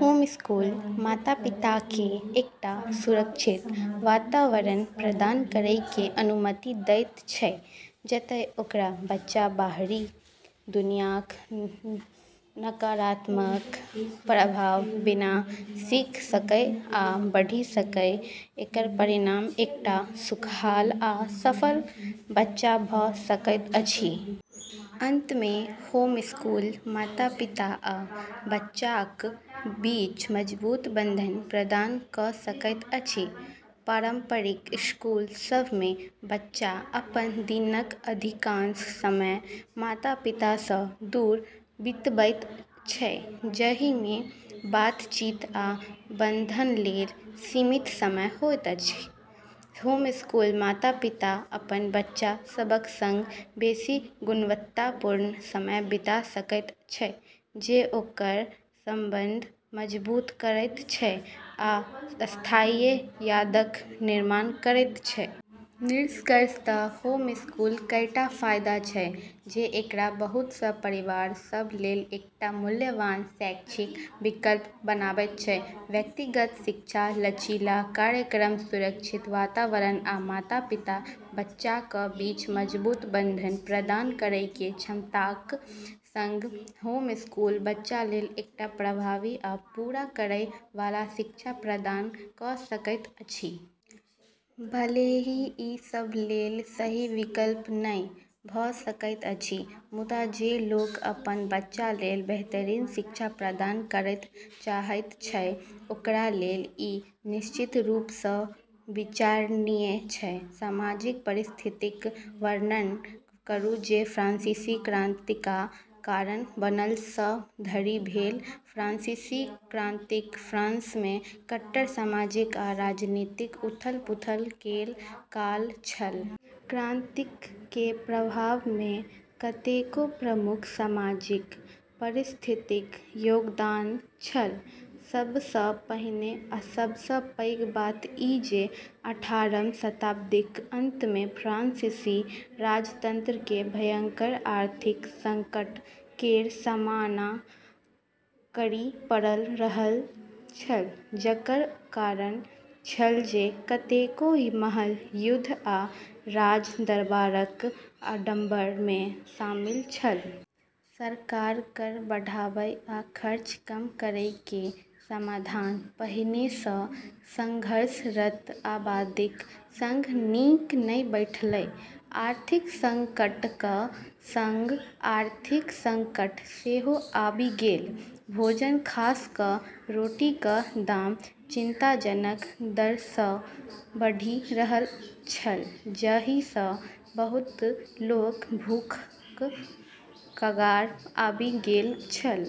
Homeschool माता-पिताकेँ एकटा सुरक्षित वातावरण प्रदान करैके अनुमति दैत छै जतए ओकर बच्चा बाहरी दुनियाक नकारात्मक प्रभावक बिना सीख सकै आ बढ़ि सकै। एकर परिणाम एकटा खुशहाल आ सफल बच्चा भऽ सकैत अछि। अंतमे, होमस्कूल माता-पिता आ बच्चाक बीच मजबूत बंधन प्रदान कऽ सकैत अछि। पारंपरिक स्कूल सभमे बच्चा अपन दिनक अधिकांश समय माता-पितासँ दूर बितबैत छै, जाहिमे बातचीत आ बंधनलेल सीमित समय होइत छै। होमस्कूलसँ माता-पिता अपन बच्चा सभक संग बेसि गुणवत्तापूर्ण समय बिता सकैत छै, जे ओकर संबंध मजबूत करैत छै आ स्थायी यादक निर्माण करैत छै। निष्कर्षतः होमस्कूलक कईटा फायदा छै जे एकरा बहुत सँ परिवार सभलेल एकटा मूल्यवान शैक्षिक विकल्प बनाबैत छै। व्यक्तिगत शिक्षा, लचीला कार्यक्रम, सुरक्षित वातावरण, आ माता-पिता-बच्चाक बीच मजबूत बंधन प्रदान करैकेँ क्षमताक संग, होमस्कूल बच्चालेल एकटा प्रभावी आ पूरा करै वाला शिक्षा प्रदान कऽ सकैत अछि। भले ही ई सभलेल सही विकल्प नहि भऽ सकैत अछि, मुदा जे लोक अपन बच्चालेल बेहतरीन शिक्षा प्रदान करै चाहैत छै, ओकरालेल ई निश्चित रूपसँ विचारणीय छै। सामाजिक परिस्थितिक वर्णन करू जे फ्रांसीसी क्रांतिका कारण बनल सँ धरि भेल फ्रांसीसी क्रांति फ्रांसमे कट्टर सामाजिक आ राजनीतिक उथल-पुथल केर काल छल। क्रांतिकेँ प्रारंभमे कतेको प्रमुख सामाजिक परिस्थितिक योगदान छल। सबसँ पहिने आ सबसँ पैघ बात ई जे अठारहम शताब्दीक अंतमे फ्रांसीसी राजतंत्रकेँ भयंकर आर्थिक संकट केर सामना करै पड़ि रहल छल, जकर कारण छल जे कतेको महग युद्ध आ राजदरबारक आडंबरमे शामिल छल। सरकारक कर बढ़ाबै आ खर्च कम करैकेँ समाधान पहिनेसँ संघर्षरत आबादीक संग नीक नहि बैठलै। आर्थिक संकटक संग आर्थिक संकट सेहो आबि गेल। भोजन खास कऽ रोटीक दाम चिंताजनक दरसँ बढ़ि रहल छल, जाहिसँ बहुत लोक भूखक कगारपर आबि गेल छल।